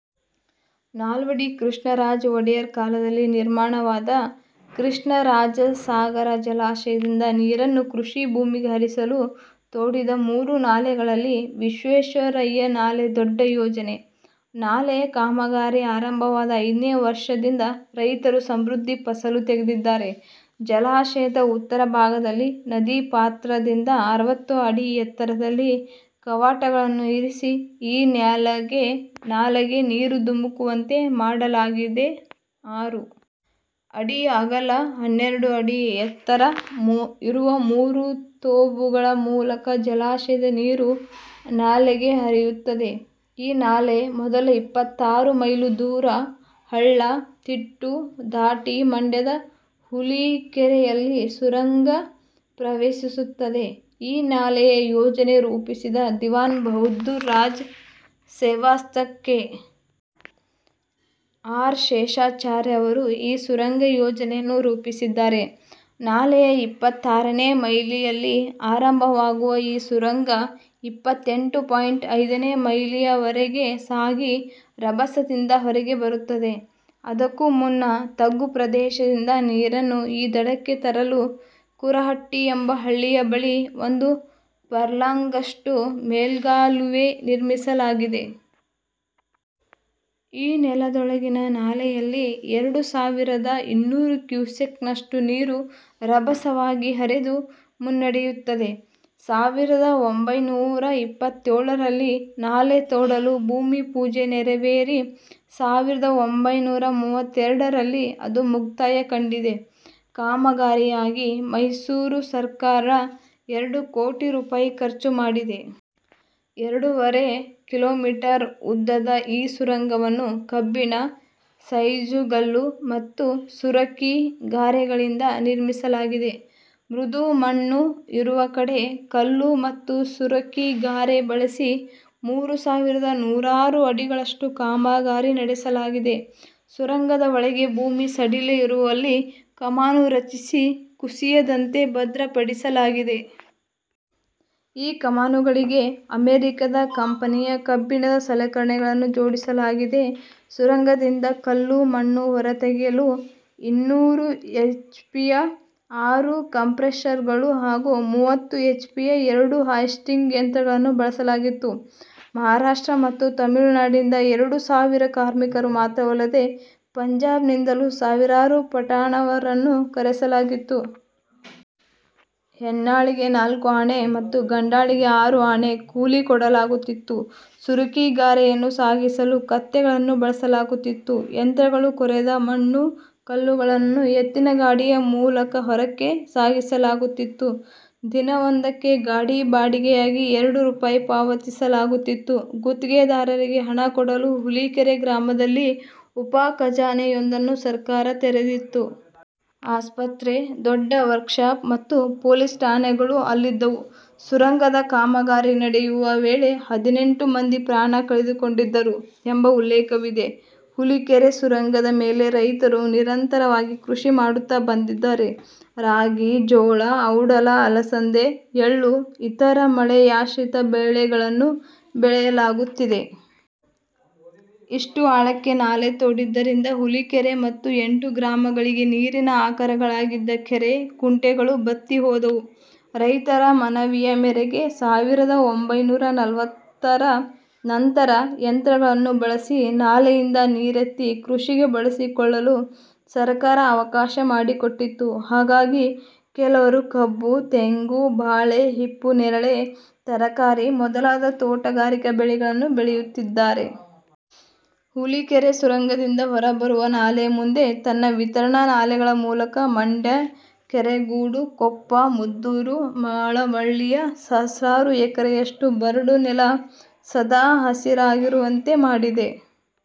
ನಾಲ್ವಡಿ ಕೃಷ್ಣರಾಜ ಒಡೆಯರ್ ಕಾಲದಲ್ಲಿ ನಿರ್ಮಾಣವಾದ ಕೃಷ್ಣರಾಜ ಸಾಗರ ಜಲಾಶಯದಿಂದ ನೀರನ್ನು ಕೃಷಿ ಭೂಮಿಗೆ ಹರಿಸಲು ತೋಡಿದ ಮೂರು ನಾಲೆಗಳಲ್ಲಿ ವಿಶ್ವೇಶ್ವರಯ್ಯ ನಾಲೆ ದೊಡ್ಡ ಯೋಜನೆ. ನಾಲೆಯ ಕಾಮಗಾರಿ ಆರಂಭವಾದ ಐದನೇ ವರ್ಷದಿಂದ ರೈತರು ಸಮೃದ್ಧ ಫಸಲು ತೆಗೆದಿದ್ದಾರೆ. ಜಲಾಶಯದ ಉತ್ತರ ಭಾಗದಲ್ಲಿ, ನದಿ ಪಾತ್ರದಿಂದ ಅರವತ್ತು ಅಡಿ ಎತ್ತರದಲ್ಲಿ ಕವಾಟಗಳನ್ನು ಇರಿಸಿ ಈ ನಾಲೆಗೆ ನೀರು ಧುಮುಕುವಂತೆ ಮಾಡಲಾಗಿದೆ. ಆರು ಅಡಿ ಅಗಲ, ಹನ್ನೆರಡು ಅಡಿ ಎತ್ತರ ಇರುವ ಮೂರು ತೂಬುಗಳ ಮೂಲಕ ಜಲಾಶಯದ ನೀರು ನಾಲೆಗೆ ಹರಿಯುತ್ತದೆ. ಈ ನಾಲೆ ಮೊದಲ ಇಪ್ಪತ್ತಾರು ಮೈಲು ದೂರ ಹಳ್ಳ, ತಿಟ್ಟು ದಾಟಿ ಮಂಡ್ಯದ ಹುಲಿಕೆರೆಯಲ್ಲಿ ಸುರಂಗ ಪ್ರವೇಶಿಸುತ್ತದೆ. ಈ ನಾಲೆಯ ಯೋಜನೆ ರೂಪಿಸಿದ ದಿವಾನ್ ಬಹದ್ದೂರು ರಾಜ ಸೇವಾಸಕ್ತ ಕೆ. ಆರ್. ಶೇಷಾಚಾರ್ಯ ಅವರು ಈ ಸುರಂಗ ಯೋಜನೆಯನ್ನು ರೂಪಿಸಿದ್ದಾರೆ. ನಾಲೆಯ ಇಪ್ಪತ್ತಾರನೇ ಮೈಲಿಯಲ್ಲಿ ಆರಂಭವಾಗುವ ಈ ಸುರಂಗ ಇಪ್ಪತ್ತೆಂಟು ಪಾಯಿಂಟ್ ಐದನೇ ಮೈಲಿಯವರೆಗೆ ಸಾಗಿ ರಭಸದಿಂದ ಹೊರಗೆ ಬರುತ್ತದೆ. ಅದಕ್ಕೂ ಮುನ್ನ ತಗ್ಗು ಪ್ರದೇಶದಿಂದ ನೀರನ್ನು ಈ ದಡಕ್ಕೆ ತರಲು ಕುರಹಟ್ಟಿ ಎಂಬ ಹಳ್ಳಿಯ ಬಳಿ ಒಂದು ಫರ್ಲಾಂಗ್ನಷ್ಟು ಮೇಲ್ಗಾಲುವೆ ನಿರ್ಮಿಸಲಾಗಿದೆ. ಈ 'ನೆಲದೊಳಗಿನ ನಾಲೆ'ಯಲ್ಲಿ ಎರಡು ಸಾವಿರದ ಇನ್ನೂರು ಕ್ಯೂಸೆಕ್ಸ್ ನಷ್ಟು ನೀರು ರಭಸವಾಗಿ ಹರಿದು ಮುನ್ನಡೆಯುತ್ತದೆ. ಸಾವಿರದ ಒಂಭೈನೂರ ಇಪ್ಪತ್ತೇಳರಲ್ಲಿ ನಾಲೆ ತೋಡಲು ಭೂಮಿ ಪೂಜೆ ನೆರವೇರಿ ಸಾವಿರದ ಒಂಭೈನೂರ ಮೂವತ್ತೆರಡರಲ್ಲಿ ಅದು ಮುಕ್ತಾಯ ಕಂಡಿದೆ. ಕಾಮಗಾರಿಗಾಗಿ ಮೈಸೂರು ಸರ್ಕಾರ ಎರಡು ಕೋಟಿ ರೂಪಾಯಿ ಖರ್ಚು ಮಾಡಿದೆ. ಎರಡೂವರೆ ಕಿಲೋಮೀಟರ್ ಉದ್ದದ ಈ ಸುರಂಗವನ್ನು ಕಬ್ಬಿಣ, ಸೈಜುಗಲ್ಲು ಮತ್ತು ಸುರಕಿ ಗಾರೆಗಳಿಂದ ನಿರ್ಮಿಸಲಾಗಿದೆ. ಮೃದು ಮಣ್ಣು ಇರುವ ಕಡೆ ಕಲ್ಲು ಮತ್ತು ಸುರಕಿ ಗಾರೆ ಬಳಸಿ, ಮೂರು ಸಾವಿರದ ನಾನೂರು ಅಡಿಗಳಷ್ಟು ಕಾಮಗಾರಿ ನಡೆಸಲಾಗಿದೆ. ಸುರಂಗದ ಒಳಗೆ ಭೂಮಿ ಸಡಿಲ ಇರುವಲ್ಲಿ ಕಮಾನು ರಚಿಸಿ ಕುಸಿಯದಂತೆ ಭದ್ರಪಡಿಸಲಾಗಿದೆ. ಈ ಕಮಾನುಗಳಿಗೆ ಅಮೆರಿಕದ ಕಂಪೆನಿಯ ಕಬ್ಬಿಣದ ಸಲಕರಣೆಗಳನ್ನು ಜೋಡಿಸಲಾಗಿದೆ. ಸುರಂಗದಿಂದ ಕಲ್ಲು, ಮಣ್ಣು ಹೊರ ತೆಗೆಯಲು ಇನ್ನೂರು ಎಚ್ಪಿಯ ಆರು ಕಂಪ್ರೆಷರ್ಗಳು ಹಾಗೂ ಮೂವತ್ತು ಎಚ್ಪಿಯ ಎರಡು ಹಾಯ್ ಸ್ಟಿಂಗ್ ಯಂತ್ರಗಳನ್ನು ಬಳಸಲಾಗಿತ್ತು. ಮಹಾರಾಷ್ಟ್ರ ಮತ್ತು ತಮಿಳುನಾಡಿನಿಂದ ಎರಡು ಸಾವಿರ ಕಾರ್ಮಿಕರು ಮಾತ್ರವಲ್ಲದೆ ಪಂಜಾಬ್ನಿಂದಲೂ ಸಾವಿರಾರು ಪಠಾಣರನ್ನು ಕರೆಸಲಾಗಿತ್ತು. ಹೆಣ್ಣಾಳಿಗೆ ನಾಲ್ಕು ಆಣೆ ಮತ್ತು ಗಂಡಾಳಿಗೆ ಆರು ಆಣೆ ಕೂಲಿ ಕೊಡಲಾಗುತ್ತಿತ್ತು. ಸುರಕಿ ಗಾರೆಯನ್ನು ಸಾಗಿಸಲು ಕತ್ತೆಗಳನ್ನು ಬಳಸಲಾಗುತ್ತಿತ್ತು. ಯಂತ್ರಗಳು ಕೊರೆದ ಮಣ್ಣು, ಕಲ್ಲುಗಳನ್ನು ಎತ್ತಿನ ಗಾಡಿಯ ಮೂಲಕ ಹೊರಕ್ಕೆ ಸಾಗಿಸಲಾಗುತ್ತಿತ್ತು. ದಿನವೊಂದಕ್ಕೆ ಗಾಡಿ ಬಾಡಿಗೆಯಾಗಿ ಎರಡು ರೂಪಾಯಿ ಪಾವತಿಸಲಾಗುತ್ತಿತ್ತು. ಗುತ್ತಿಗೆದಾರರಿಗೆ ಹಣ ಕೊಡಲು ಹುಲಿಕೆರೆ ಗ್ರಾಮದಲ್ಲಿ ಉಪ ಖಜಾನೆಯೊಂದನ್ನು ಸರ್ಕಾರ ತೆರೆದಿತ್ತು. ಆಸ್ಪತ್ರೆ, ದೊಡ್ಡ ವರ್ಕ್ ಶಾಪ್ ಮತ್ತು ಪೊಲೀಸ್ ಠಾಣೆಗಳೂ ಅಲ್ಲಿದ್ದವು. ಸುರಂಗದ ಕಾಮಗಾರಿ ನಡೆಯುವ ವೇಳೆ ಹದಿನೆಂಟು ಮಂದಿ ಪ್ರಾಣ ಕಳೆದುಕೊಂಡಿದ್ದರು ಎಂಬ ಉಲ್ಲೇಖವಿದೆ. ಹುಲಿಕೆರೆ ಸುರಂಗದ ಮೇಲೆ ರೈತರು ನಿರಂತರವಾಗಿ ಕೃಷಿ ಮಾಡುತ್ತಾ ಬಂದಿದ್ದಾರೆ. ರಾಗಿ, ಜೋಳ, ಔಡಲ, ಅಲಸಂದೆ, ಎಳ್ಳು ಇತರ ಮಳೆಯಾಶ್ರಿತ ಬೆಳೆಗಳನ್ನು ಬೆಳೆಯಲಾಗುತ್ತಿದೆ. ಇಷ್ಟು ಆಳಕ್ಕೆ ನಾಲೆ ತೋಡಿದ್ದರಿಂದ ಹುಲಿಕೆರೆ ಮತ್ತು ಎಂಟು ಗ್ರಾಮಗಳಿಗೆ ನೀರಿನ ಆಕರಗಳಾಗಿದ್ದ ಕೆರೆ, ಕುಂಟೆಗಳು ಬತ್ತಿ ಹೋದವು. ರೈತರ ಮನವಿಯ ಮೇರೆಗೆ ಸಾವಿರದ ಒಂಭೈನೂರ ನಲವತ್ತರ ನಂತರ ಯಂತ್ರಗಳನ್ನು ಬಳಸಿ ನಾಲೆಯಿಂದ ನೀರೆತ್ತಿ ಕೃಷಿಗೆ ಬಳಸಿಕೊಳ್ಳಲು ಸರ್ಕಾರ ಅವಕಾಶ ಮಾಡಿಕೊಟ್ಟಿತು. ಹಾಗಾಗಿ ಕೆಲವರು ಕಬ್ಬು, ತೆಂಗು, ಬಾಳೆ, ಹಿಪ್ಪುನೇರಳೆ, ತರಕಾರಿ ಮೊದಲಾದ ತೋಟಗಾರಿಕಾ ಬೆಳೆಗಳನ್ನೂ ಬೆಳೆಯುತ್ತಿದ್ದಾರೆ. ಹುಲಿಕೆರೆ ಸುರಂಗದಿಂದ ಹೊರ ಬರುವ ನಾಲೆ ಮುಂದೆ ತನ್ನ ವಿತರಣಾ ನಾಲೆಗಳ ಮೂಲಕ ಮಂಡ್ಯ, ಕೆರಗೋಡು, ಕೊಪ್ಪ, ಮದ್ದೂರು, ಮಳವಳ್ಳಿಯ ಸಹಸ್ರಾರು ಎಕರೆಯಷ್ಟು ಬರಡು ನೆಲ ಸದಾ ಹಸಿರಾಗಿರುವಂತೆ ಮಾಡಿದೆ.